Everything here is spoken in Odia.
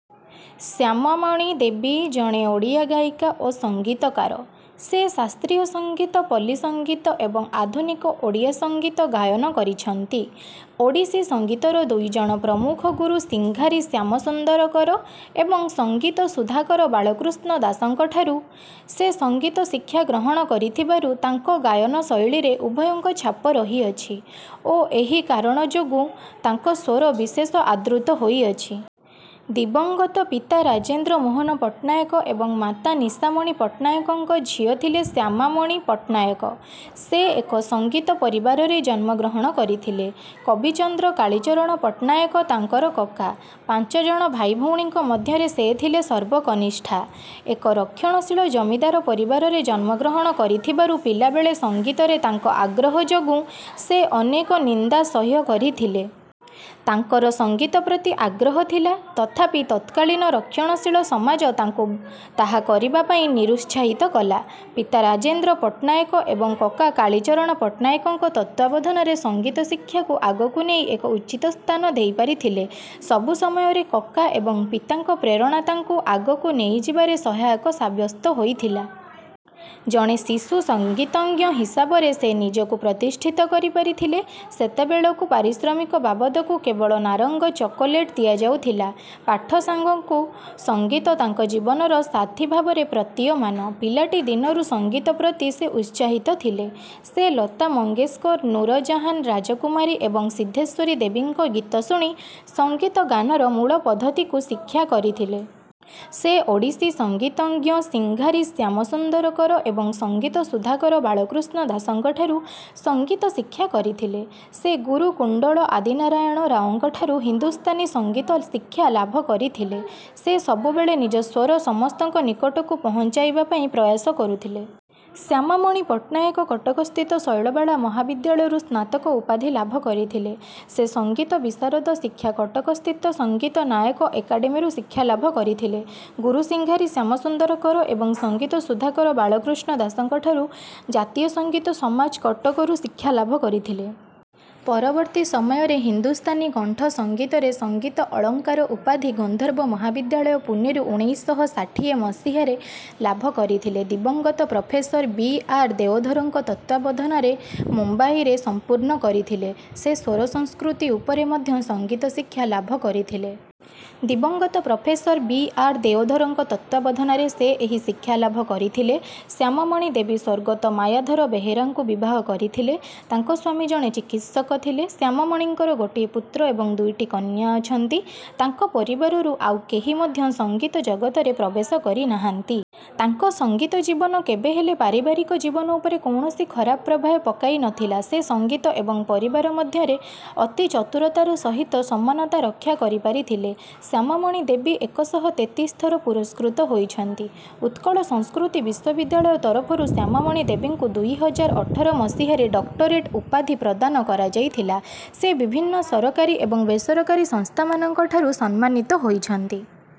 ଶ୍ୟାମାମଣି ଦେବୀ ଜଣେ ଓଡ଼ିଆ ଗାୟିକା ଓ ସଙ୍ଗୀତକାର। ସେ ଶାସ୍ତ୍ରୀୟ ସଙ୍ଗୀତ ପଲ୍ଲୀ ସଙ୍ଗୀତ ଏବଂ ଆଧୁନିକ ଓଡ଼ିଆ ସଙ୍ଗୀତ ଗାୟନ କରିଛନ୍ତି। ଓଡ଼ିଶୀ ସଙ୍ଗୀତର ଦୁଇଜଣ ପ୍ରମୁଖ ଗୁରୁ ସିଂହାରୀ ଶ୍ୟାମସୁନ୍ଦର କର ଏବଂ ସଙ୍ଗୀତ ସୁଧାକର ବାଳକୃଷ୍ଣ ଦାସଙ୍କଠାରୁ ସେ ସଙ୍ଗୀତ ଶିକ୍ଷା ଗ୍ରହଣ କରିଥିବାରୁ ତାଙ୍କ ଗାୟନ ଶୈଳୀରେ ଉଭୟଙ୍କ ଛାପ ରହିଅଛି ଓ ଏହି କାରଣ ଯୋଗୁଁ ତାଙ୍କ ସ୍ୱର ବିଶେଷ ଆଦୃତ ହୋଇଅଛି। ଦିବଂଗତ ପିତା ରାଜେନ୍ଦ୍ର ମୋହନ ପଟ୍ଟନାୟକ ଏବଂ ମାତା ନିଶାମଣି ପଟ୍ଟନାୟକଙ୍କ ଝିଅ ଥିଲେ ଶ୍ୟାମାମଣି ପଟ୍ଟନାୟକ। ସେ ଏକ ସଙ୍ଗୀତ ପରିବାରରେ ଜନ୍ମଗ୍ରହଣ କରିଥିଲେ। କବିଚନ୍ଦ୍ର କାଳୀଚରଣ ପଟ୍ଟନାୟକ ତାଙ୍କର କକା। ପାଞ୍ଚ ଜଣ ଭାଇଭଉଣୀଙ୍କ ମଧ୍ୟରେ ସେ ଥିଲେ ସର୍ବକନିଷ୍ଠା। ଏକ ରକ୍ଷଣଶୀଳ ଜମିଦାର ପରିବାରରେ ଜନ୍ମଗ୍ରହଣ କରିଥିବାରୁ ପିଲାବେଳେ ସଙ୍ଗୀତରେ ତାଙ୍କ ଆଗ୍ରହ ଯୋଗୁଁ ସେ ଅନେକ ନିନ୍ଦା ସହ୍ୟ କରିଥିଲେ। ତାଙ୍କର ସଙ୍ଗୀତ ପ୍ରତି ଆଗ୍ରହ ଥିଲା ତଥାପି ତତ୍କାଳୀନ ରକ୍ଷଣଶୀଳ ସମାଜ ତାଙ୍କୁ ତାହା କରିବା ପାଇଁ ନିରୁତ୍ସାହିତ କଲା। ପିତା ରାଜେନ୍ଦ୍ର ପଟ୍ଟନାୟକ ଏବଂ କକା କାଳୀଚରଣ ପଟ୍ଟନାୟକଙ୍କ ତତ୍ତ୍ୱାବଧାନରେ ସଙ୍ଗୀତ ଶିକ୍ଷାକୁ ଆଗକୁ ନେଇ ଏକ ଉଚିତ ସ୍ଥାନ ଦେଇପାରିଥିଲେ। ସବୁ ସମୟରେ କକା ଏବଂ ପିତାଙ୍କ ପ୍ରେରଣା ତାଙ୍କୁ ଆଗକୁ ନେଇଯିବାରେ ସହାୟକ ସାବ୍ୟସ୍ତ ହୋଇଥିଲା। ଜଣେ ଶିଶୁ ସଙ୍ଗୀତଜ୍ଞ ହିସାବରେ ସେ ନିଜକୁ ପ୍ରତିଷ୍ଠିତ କରିପାରିଥିଲେ। ସେତେବେଳକୁ ପାରିଶ୍ରମିକ ବାବଦକୁ କେବଳ ନାରଙ୍ଗ ଚକୋଲେଟ ଦିଆଯାଉଥିଲା। ପାଠ ସାଙ୍ଗକୁ ସଙ୍ଗୀତ ତାଙ୍କ ଜୀବନର ସାଥୀ ଭାବରେ ପ୍ରତିୟମାନ। ପିଲାଟିଦିନରୁ ସଙ୍ଗୀତ ପ୍ରତି ସେ ଉତ୍ସାହିତ ଥିଲେ। ସେ ଲତା ମଙ୍ଗେସକର ନୂର ଜାହାନ ରାଜକୁମାରୀ ଏବଂ ସିଦ୍ଧେଶ୍ୱରୀ ଦେବୀଙ୍କ ଗୀତ ଶୁଣି ସଙ୍ଗୀତ ଗାନର ମୂଳ ପଦ୍ଧତିକୁ ଶିକ୍ଷା କରିଥିଲେ। ସେ ଓଡ଼ିଶୀ ସଙ୍ଗୀତଜ୍ଞ ସିଂହାରୀ ଶ୍ୟାମସୁନ୍ଦର କର ଏବଂ ସଙ୍ଗୀତ ସୁଧାକର ବାଳକୃଷ୍ଣ ଦାସଙ୍କଠାରୁ ସଙ୍ଗୀତ ଶିକ୍ଷା କରିଥିଲେ। ସେ ଗୁରୁ କୁଣ୍ଡଳ ଆଦିନାରାୟଣ ରାଓଙ୍କଠାରୁ ହିନ୍ଦୁସ୍ଥାନୀ ସଙ୍ଗୀତ ଶିକ୍ଷା ଲାଭ କରିଥିଲେ। ସେ ସବୁବେଳେ ନିଜ ସ୍ୱର ସମସ୍ତଙ୍କ ନିକଟକୁ ପହଞ୍ଚାଇବା ପାଇଁ ପ୍ରୟାସ କରୁଥିଲେ। ଶ୍ୟାମାମଣି ପଟ୍ଟନାୟକ କଟକସ୍ଥିତ ଶୈଳବାଳା ମହାବିଦ୍ୟାଳୟରୁ ସ୍ନାତକ ଉପାଧି ଲାଭ କରିଥିଲେ। ସେ ସଙ୍ଗୀତ ବିଶାରଦ ଶିକ୍ଷା କଟକସ୍ଥିତ ସଙ୍ଗୀତ ନାଟକ ଏକାଡେମୀରୁ ଶିକ୍ଷାଲାଭ କରିଥିଲେ। ଗୁରୁ ସିଂହାରୀ ଶ୍ୟାମସୁନ୍ଦର କର ଏବଂ ସଙ୍ଗୀତ ସୁଧାକର ବାଳକୃଷ୍ଣ ଦାସଙ୍କଠାରୁ ଜାତୀୟ ସଙ୍ଗୀତ ସମାଜ କଟକରୁ ଶିକ୍ଷା ଲାଭ କରିଥିଲେ। ପରବର୍ତ୍ତୀ ସମୟରେ ହିନ୍ଦୁସ୍ତାନୀ କଣ୍ଠ ସଙ୍ଗୀତରେ ସଙ୍ଗୀତ ଅଳଙ୍କାର ଉପାଧି ଗନ୍ଧର୍ବ ମହାବିଦ୍ୟାଳୟ ପୁନେରୁ ଉଣେଇଶ ଶହ ଷାଠିଏ ମସିହାରେ ଲାଭ କରିଥିଲେ। ଦିବଂଗତ ପ୍ରଫେସର ବି ଆର ଦେଓଧରଙ୍କ ତତ୍ତ୍ୱାବଧାନରେ ମୁମ୍ବାଇରେ ସମ୍ପୂର୍ଣ୍ଣ କରିଥିଲେ। ସେ ସ୍ୱର ସଂସ୍କୃତି ଉପରେ ମଧ୍ୟ ସଙ୍ଗୀତ ଶିକ୍ଷା ଲାଭ କରିଥିଲେ। ଦିବଂଗତ ପ୍ରଫେସର ବି ଆର ଦେଓଧରଙ୍କ ତତ୍ତ୍ୱାବଧାନରେ ସେ ଏହି ଶିକ୍ଷା ଲାଭ କରିଥିଲେ। ଶ୍ୟାମାମଣି ଦେବୀ ସ୍ୱର୍ଗତ ମାୟାଧର ବେହେରାଙ୍କୁ ବିବାହ କରିଥିଲେ। ତାଙ୍କ ସ୍ୱାମୀ ଜଣେ ଚିକିତ୍ସକ ଥିଲେ। ଶ୍ୟାମାମଣିଙ୍କର ଗୋଟିଏ ପୁତ୍ର ଏବଂ ଦୁଇଟି କନ୍ୟା ଅଛନ୍ତି। ତାଙ୍କ ପରିବାରରୁ ଆଉ କେହି ମଧ୍ୟ ସଙ୍ଗୀତ ଜଗତରେ ପ୍ରବେଶ କରିନାହାନ୍ତି। ତାଙ୍କ ସଙ୍ଗୀତ ଜୀବନ କେବେହେଲେ ପାରିବାରିକ ଜୀବନ ଉପରେ କୌଣସି ଖରାପ ପ୍ରଭାବ ପକାଇନଥିଲା। ସେ ସଙ୍ଗୀତ ଏବଂ ପରିବାର ମଧ୍ୟରେ ଅତି ଚତୁରତାର ସହିତ ସମାନତା ରକ୍ଷା କରିପାରିଥିଲେ। ଶ୍ୟାମାମଣି ଦେବୀ ଏକ ଶହ ତେତିଶ ଥର ପୁରସ୍କୃତ ହୋଇଛନ୍ତି। ଉତ୍କଳ ସଂସ୍କୃତି ବିଶ୍ୱବିଦ୍ୟାଳୟ ତରଫରୁ ଶ୍ୟାମାମଣି ଦେବୀଙ୍କୁ ଦୁଇ ହଜାର ଅଠର ମସିହାରେ ଡକ୍ଟରେଟ ଉପାଧି ପ୍ରଦାନ କରାଯାଇଥିଲା। ସେ ବିଭିନ୍ନ ସରକାରୀ ଏବଂ ବେସରକାରୀ ସଂସ୍ଥାମାନଙ୍କଠାରୁ ସମ୍ମାନିତ ହୋଇଛନ୍ତି।